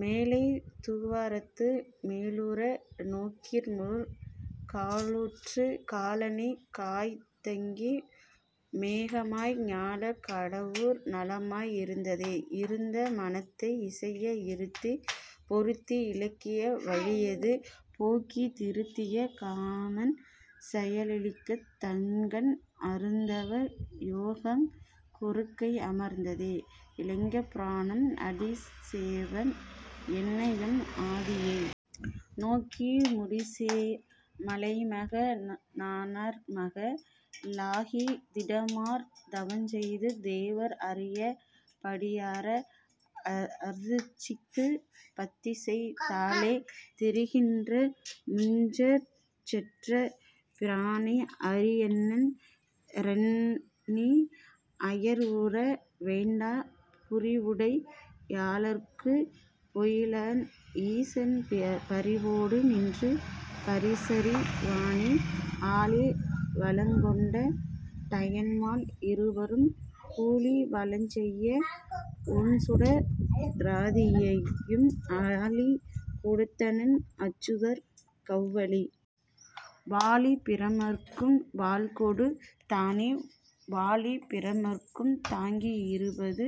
மேலைத் துவாரத்து மேலுற நோக்கிமுற் காலுற்றுக் காலனைக் காய்ந்தங்கி யோகமாய் ஞாலக் கடவூர் நலமாய் இருந்ததே இருந்த மனத்தை இசைய இருத்திப் பொருந்தி இலிங்க வழியது போக்கித் திருந்திய காமன் செயலழித் தங்கண் அருந்தவ யோகங் கொறுக்கை அமர்ந்ததே.. இலிங்க புராணம் அடிசேர்வன் என்னஎம் ஆதியை நோக்கி முடிசேர் மலைமக னார்மக ளாகித் திடமார் தவஞ்செய்து தேவர் அறியப் படியார அர்ச்சித்துப் பத்திசெய் தாளே திரிகின்ற முப்புரஞ் செற்ற பிரானை அரியனென் றெண்ணி அயர்வுற வேண்டா புரிவுடை யாளர்க்குப் பொய்யலன் ஈசன் பரிவொடு நின்று பரிசறி வானே ஆழி வலங்கொண் டயன்மால் இருவரும் ஊழி வலஞ்செய்ய ஒண்சுட ராதியும் ஆழி கொடுத்தனன் அச்சுதற்க் கவ்வழி.. வாழி பிரமற்கும் வாள்கொடுத் தானே.. வாழிப் பிரமற்கும் தாங்கி இருபது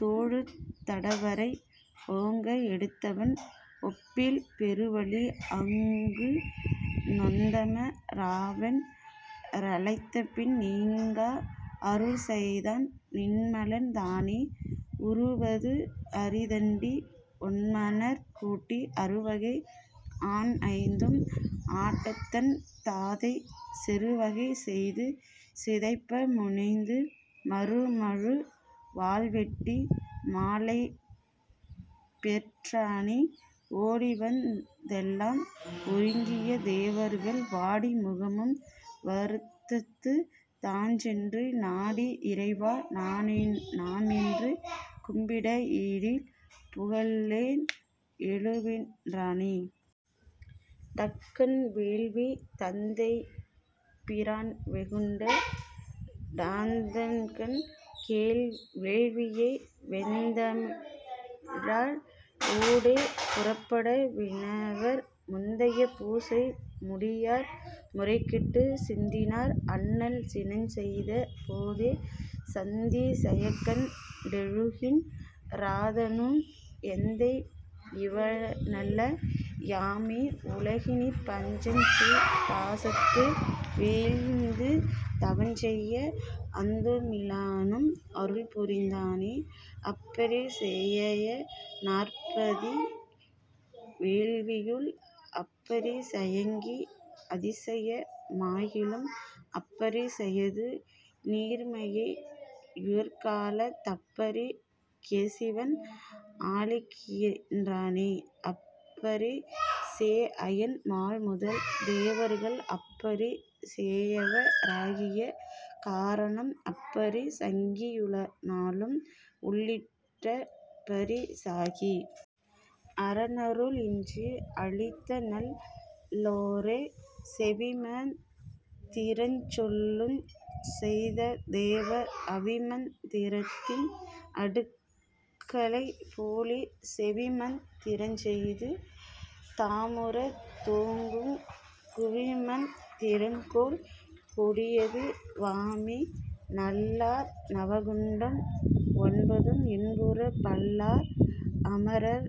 தோளுந் தடவரை ஓங்க எடுத்தவன் ஒப்பில் பெருவலி ஆங்கு நொத்தம ராவென் றழைத்தபின் நீங்கா அருள்செய்தான் நின்மலன் தானே உறுவது அறிதண்டி ஒண்மணற் கூட்டி அறுவகை ஆன்ஐந்தும் ஆட்டத்தன் தாதை செறுவகை செய்து சிதைப்ப முனிந்து மறுமழு வால்வெட்டி மாலைபெற் றானே ஓடிவந் தெல்லாம் ஒருங்கிய தேவர்கள் வாடி முகமும் வருத்தத்துத் தாஞ்சென்று நாடி இறைவா நமேன்று கும்பிட ஈடில் புகழோன் எழுகவென் றானே... தக்கன் வேள்வி தந்தைபி ரான்வெகுண் டாந்தக்கன் வேள்வியை வெந்தழல் ஊடே புறப்பட விண்ணவர் முந்திய பூசை முடியார் முறைகெட்டுச் சிந்தினர் அண்ணல் சினஞ்செய்த போதே சந்தி செயக்கண் டெழுகின் றாதானும் எந்தை யிவனல்ல யாமே உலகினிற் பந்தஞ்செய் பாசத்து வீழ்ந்து தவஞ்செய்ய அந்தமி லானும் அருள்புரிந் தானே அப்பரி சேயய நார்ப்பதி வேள்வியுள் அப்பரி சேயங்கி அதிசய மாகிலும் அப்பரி சேயது நீர்மையை யுள்கலந் தப்பரி சேசிவன் ஆலிக்கின் றானே அப்பரி சேஅயன் மால்முதல் தேவர்கள் அப்பரி சேயவ ராகிய காரணம் அப்பரி சங்கி யுளநாளும் உள்ளிட் டப்பரி சாகி.. அரனருள் இன்றி அழிந்தநல் லோரே செவிமந் திரஞ்சொல்லுஞ் செய்தவத் தேவர் அவிமந் திரத்தின் அடுக்களை கோலிச் செவிமந் திரஞ்செய்து தாமுற நோக்குங் குவிமந் திரங்கொல் கொடியது வாமே நல்லார் நவகுண்டம் ஒன்பதும் இன்புறப் பல்லார் அமரர்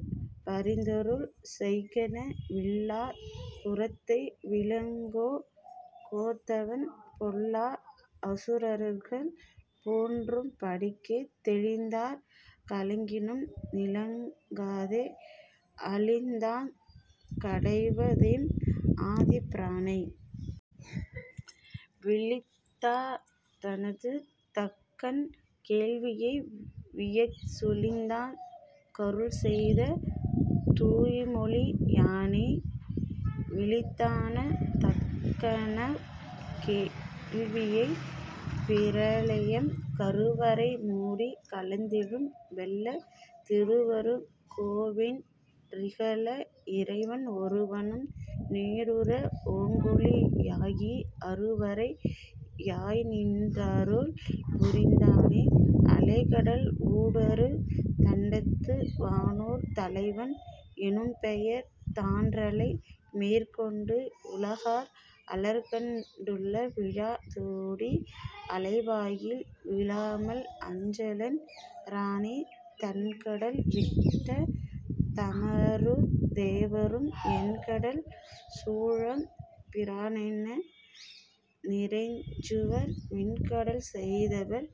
பரிந்தருள் செய்கென வில்லாற் புரத்தை விளங்கொ கோத்தவன் பொல்லா அசுரர்கள் பொன்றும் படிக்கே தெளிந்தார் கலங்கினும் நீகலங் காதே அளித்தாங் கடைவதெம் ஆதிப் பிரானை.. விளிந்தா னது தக்கன் வேள்வியை வீயச் சுளிந்தாங் கருள்செய்த தூய்மொழி யானே.. விளிந்தானத் தக்கனவ் வேள்வியை... பிரளயம் கருவரை மூடிக் கலந்தெழும் வெள்ளத் திருவருங் கோவென் றிகல இறைவன் ஒருவனும் நீருற ஓங்கொளி யாகி அருவரை யாய்நின் றருள் புரிந் தானே அலைகடல் ஊடறுத் தண்டத்து வானோர் தலைவன் எனும்பெயர் தான்றலை மேற்கொண்டு உலகார் அழற்கண் டுள்விழா தோடி அலைவாயில் வீழாமல் அஞ்சலென் றானே தண்கடல் விட்ட தமரருந் தேவரும் எண்கடல் சூழெம் பிரானென் றிறைஞ்சுவர் விண்கடல் செய்தவர்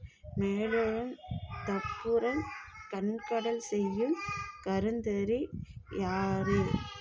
மேலெழுந் தப்புறங் கண்கடல் செய்யுங் கருத்தறி யாரே.